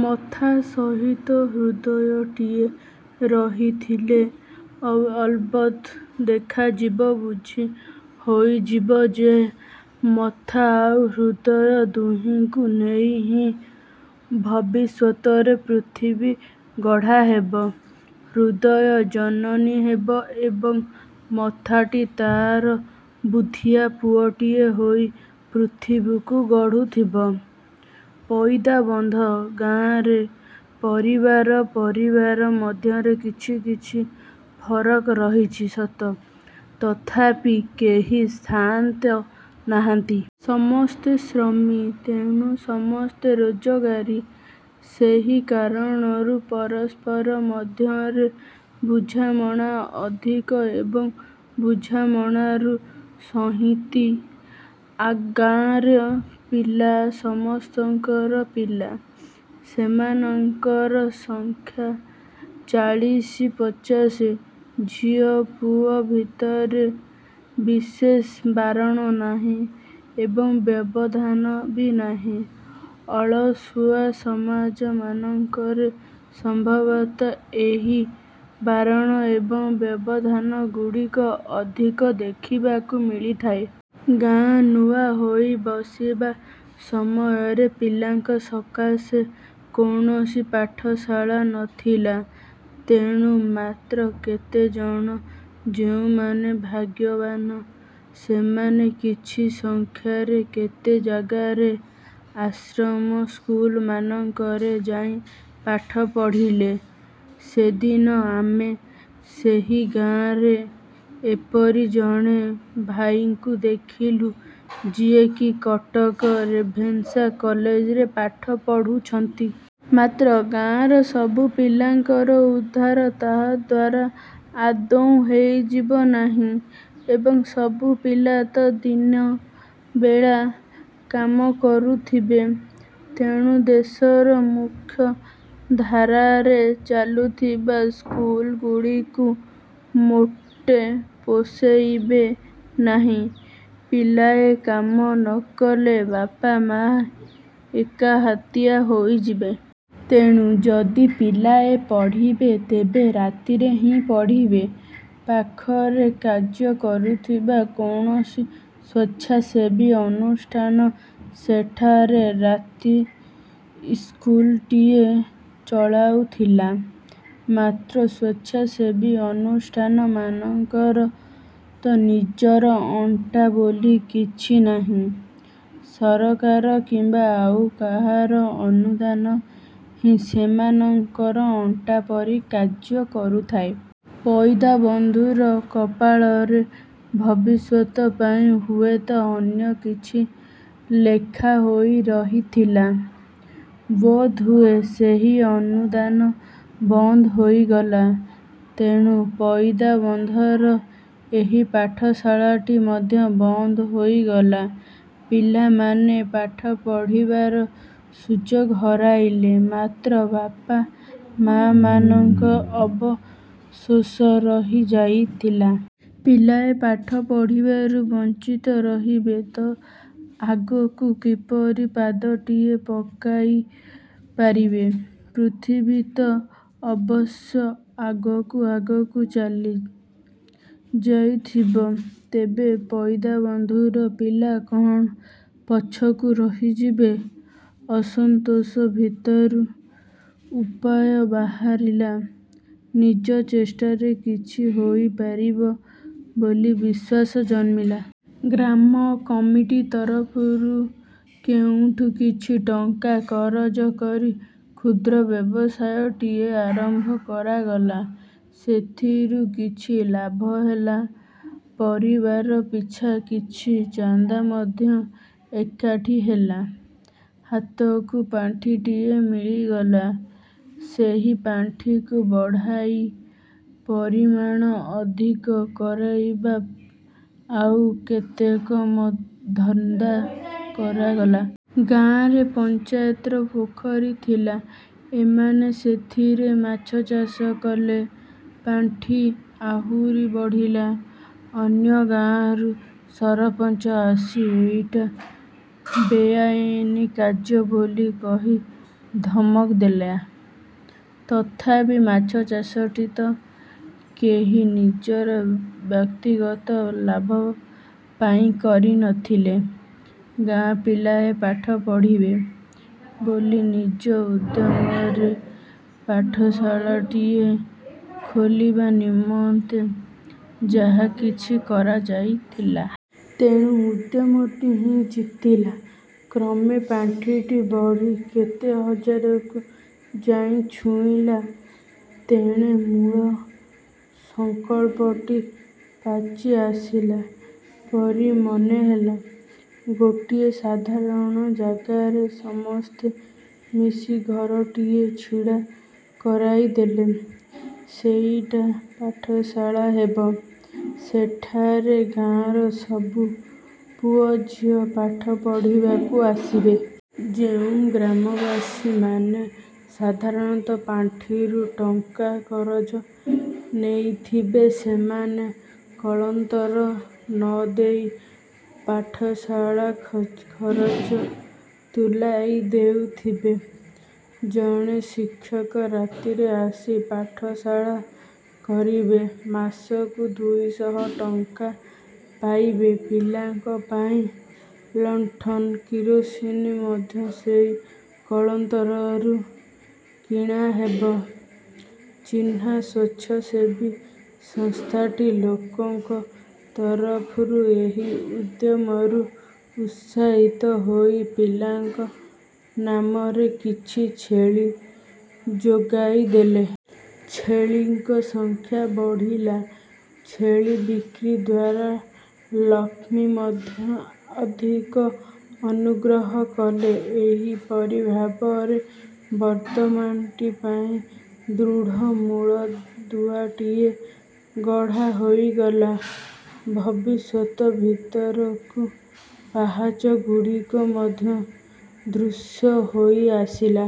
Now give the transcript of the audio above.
ମଥାସହିତ ହୃଦୟଟିଏ ରହିଥିଲେ ଅ ଅଲବତ ଦେଖାଯିବ ବୁଝି ହୋଇଯିବ ଯେ ମଥା ଆଉ ହୃଦୟ ଦୁହିଁଙ୍କୁ ନେଇ ହିଁ ଭବିଷ୍ୟତରେ ପୃଥିବୀ ଗଢ଼ା ହେବ। ହୃଦୟ ଜନନୀ ହେବ ଏବଂ ମଥାଟି ତାର ବୁଦ୍ଧିଆ ପୁଅଟିଏ ହୋଇ ପୃଥିବୀକୁ ଗଢୁଥିବ। ପଇଦାବନ୍ଧ ଗାଆଁରେ ପରିବାର ପରିବାର ମଧ୍ୟରେ କିଛି କିଛି ଫରକ ରହିଛି ସତ ତଥାପି କେହି ସାଆନ୍ତ ନାହାନ୍ତି। ସମସ୍ତେ ଶ୍ରମୀ, ତେଣୁ ସମସ୍ତେ ରୋଜଗାରୀ। ସେହି କାରଣରୁ ପରସ୍ପର ମଧ୍ୟରେ ବୁଝାମଣା ଅଧିକ ଏବଂ ବୁଝାମଣାରୁ ସହିତି। ଆ ଗାଆଁର ପିଲା ସମସ୍ତଙ୍କର ପିଲା। ସେମାନଙ୍କର ସଂଖ୍ୟା ଚାଳିଶ ପଚାଶ। ଝିଅ ପୁଅ ଭିତରେ ବିଶେଷ ବାରଣ ନାହିଁ ଏବଂବ୍ୟବଧାନ ବି ନାହିଁ। ଅଳସୁଆ ସମାଜ ମାନଙ୍କରେ ସମ୍ଭବତଃ ଏହି ବାରଣ ଏବଂ ବ୍ୟବଧାନଗୁଡ଼ିକ ଅଧିକ ଦେଖିବାକୁ ମିଳିଥାଏ। ଗାଆଁ ନୂଆ ହୋଇ ବସିବା ସମୟରେ ପିଲାଙ୍କ ସକାଶେ କୌଣସି ପାଠଶାଳା ନଥିଲା। ତେଣୁ ମାତ୍ର କେତେଜଣ ଯେଉଁମାନେ ଭାଗ୍ୟବାନ ସେମାନେ କିଛି ସଂଖ୍ୟାରେ କେତେ ଜାଗାରେ ଆଶ୍ରମ ସ୍କୁଲମାନଙ୍କରେ ଯାଇ ପାଠ ପଢ଼ିଲେ। ସେଦିନ ଆମେ ସେହି ଗାଆଁରେ ଏପରି ଜଣେ ଭାଇଙ୍କୁ ଦେଖିଲୁ ଯିଏକି କଟକ ରେଭେନ୍ସା କଲେଜରେ ପାଠ ପଢୁଛନ୍ତି। ମାତ୍ର ଗାଆଁର ସବୁ ପିଲାଙ୍କର ଉଦ୍ଧାର ତାହାଦ୍ଵାରା ଆଦୌ ହେଇଯିବ ନାହିଁ। ଏବଂ ସବୁ ପିଲା ତ ଦିନ ବେଳା କାମ କରୁଥିବେ ତେଣୁ ଦେଶରେ ମୁଖ୍ୟ ଧାରାରେ ଚାଲୁଥିବା ସ୍କୁଲଗୁଡ଼ିକୁ ମୋଟେ ପୋଷାଇବେ ନାହିଁ। ପିଲାଏ କାମ ନକଲେ ବାପା ମାଆ ଏକାହାତିଆ ହୋଇଯିବେ। ତେଣୁ ଯଦି ପିଲାଏ ପଢ଼ିବେ, ତେବେ ରାତିରେ ହିଁ ପଢ଼ିବେ। ପାଖରେ କାର୍ଯ୍ୟ କରୁଥିବା କୌଣସି ସ୍ୱେଚ୍ଛାସେବୀ ଅନୁଷ୍ଠାନ ସେଠାରେ ରାତି ଇସ୍କୁଲଟିଏ ଚଳାଉଥିଲା। ମାତ୍ର, ସ୍ଵେଚ୍ଛାସେବୀ ଅନୁଷ୍ଠାନମାନଙ୍କର ତ ନିଜର ଅଣ୍ଟା ବୋଲି କିଛି ନାହିଁ। ସରକାର କିମ୍ବା ଆଉ କାହାର ଅନୁଦାନ ହିଁ ସେମାନଙ୍କର ଅଣ୍ଟା ପରି କାର୍ଯ୍ୟ କରୁଥାଏ। ପଇଦାବନ୍ଧୁର କପାଳରେ ଭବିଷ୍ୟତ ପାଇଁ ହୁଏତ ଅନ୍ୟ କିଛି ଲେଖା ହୋଇ ରହିଥିଲା ବୋଧହୁଏ ସେହି ଅନୁଦାନ ବନ୍ଦ ହୋଇଗଲା। ତେଣୁ ପଇଦାବନ୍ଧର ଏହି ପାଠଶାଳାଟି ମଧ୍ୟ ବନ୍ଦ ହୋଇଗଲା। ପିଲାମାନେ ପାଠ ପଢ଼ିବାର ସୁଯୋଗ ହରାଇଲେ। ମାତ୍ର ବାପା ମାଆମାନଙ୍କ ଅବଶୋଷ ରହି ଯାଇଥିଲା। ପିଲାଏ ପାଠ ପଢ଼ିବାରୁ ବଂଚିତ ରହିବେ ତ ଆଗକୁ କିପରି ପାଦଟିଏ ପକାଇ ପାରିବେ? ପୃଥିବୀତ ଅବଶ୍ୟ ଆଗକୁ ଆଗକୁ ଚାଲି ଯାଇଥିବ। ତେବେ ପଇଦାବନ୍ଧୁର ପିଲା କଣ ପଛକୁ ରହିଯିବେ? ଅସନ୍ତୋଷ ଭିତରୁ ଉପାୟ ବାହାଲିଲା। ନିଜ ଚେଷ୍ଟାରେ କିଛି ହୋଇପାରିବ ବୋଲି ବିଶ୍ୱାସ ଜନ୍ମିଲା। ଗ୍ରାମ କମିଟି ତରଫରୁ କୋଉଠୁ କିଛି ଟଙ୍କା କରଜ କରି କ୍ଷୁଦ୍ର ବ୍ୟବସାୟଟିଏ ଆରମ୍ଭ କରାଗଲା। ସେଥିରୁ କିଛି ଲାଭ ହେଲା। ପରିବାର ପିଛା କିଛି ଚାନ୍ଦା ମଧ୍ୟ ଏକାଠି ହେଲା। ହାତକୁ ପାଣ୍ଠିଟିଏ ମିଳିଗଲା। ସେହି ପାଣ୍ଠିକୁ ବଢ଼ାଇ ପରିମାଣ ଅଧିକ କରାଇବା ଆଉ କେତେକ ମ ଧନ୍ଦା କରାଗଲା। ଗାଆଁରେ ପଞ୍ଚାୟତର ପୋଖରୀ ଥିଲା ଏମାନେ ସେଥିରେ ମାଛଚାଷ କଲେ ପାଣ୍ଠି ଆହୁରି ବଢ଼ିଲା। ଅନ୍ୟ ଗାଆଁରୁ ସରପଞ୍ଚ ଆସି ଏଇଟା ବେଆଇନ କାର୍ଯ୍ୟ ବୋଲି କହି ଧମକ ଦେଲା ତଥାପି ମାଛଚାଷଟି ତ କେହି ନିଜର ବ୍ୟକ୍ତିଗତ ଲାଭ ପାଇଁ କରିନଥିଲେ? ଗାଆଁ ପିଲାଏ ପାଠ ପଢ଼ିବେ ବୋଲି ନିଜ ଉଦ୍ୟମରେ ପାଠଶାଳାଟିଏ ଖୋଲିବା ନିମନ୍ତେ ଯାହା କିଛି କରାଯାଇଥିଲା। ତେଣୁ ଉଦ୍ୟମଟି ହିଁ ଜିତିଲା। କ୍ରମେ ପାଣ୍ଠିଟି ବଢ଼ି କେତେ ହଜାରକୁ ଯାଇ ଛୁଇଁଲା। ତେଣୁ ମୂଳ ସଂକଳ୍ପଟି ପାଚି ଆସିଲା ପରି ମନେହେଲା। ଗୋଟିଏ ସାଧାରଣ ଜାଗାରେ ସମସ୍ତେ ମିଶି ଘରଟିଏ ଛିଡ଼ା କରାଇଦେଲେ। ସେଇଟା ପାଠଶାଳା ହେବ। ସେଠାରେ ଗାଆଁର ସବୁ ପୁଅଝିଅ ପାଠ ପଢ଼ିବାକୁ ଆସିବେ। ଯେଉଁ ଗ୍ରାମବାସୀମାନେ ସାଧାରଣତ ପାଣ୍ଠିରୁ ଟଙ୍କା କରଜ ନେଇଥିବେ ସେମାନେ କଳନ୍ତର ନଦେଇ ପାଠଶାଳା ଖ ଖରଚ ତୁଲାଇ ଦେଉଥିବେ। ଜଣେ ଶିକ୍ଷକ ରାତିରେ ଆସି ପାଠଶାଳା କରିବେ। ମାସକୁ ଦୁଇଶହ ଟଙ୍କା ପାଇବେ। ପିଲାଙ୍କ ପାଇଁ ଲଣ୍ଡନ, କିରୋସିନି ମଧ୍ୟ ସେଇ କଳନ୍ତରରୁ କିଣାହେବ। ଚିହ୍ନା ସ୍ୱେଚ୍ଛାସେବୀ ସଂସ୍ଥାଟି ଲୋକଙ୍କ ତରଫରୁ ଏହି ଉଦ୍ୟମରୁ ଉତ୍ସାହିତ ହୋଇ ପିଲାଙ୍କ ନାମରେ କିଛି ଛେଳି ଯୋଗାଇଦେଲେ। ଛେଳିଙ୍କ ସଂଖ୍ୟା ବଢ଼ିଲା। ଛେଳି ବିକ୍ରିଦ୍ଵାରା ଲକ୍ଷ୍ମୀ ମଧ୍ୟ ଅଧିକ ଅନୁଗ୍ରହ କଲେ। ଏହିପରି ଭାବରେ ବର୍ତ୍ତମାନଟି ପାଇଁ ଦୃଢ଼ ମୁଳଦୁଆଟିଏ ଗଢ଼ା ହୋଇଗଲା। ଭବିଷ୍ୟତ ଭିତରକୁ ପାହାଚଗୁଡ଼ିକ ମଧ୍ୟ ଦୃଶ୍ୟ ହୋଇ ଆସିଲା।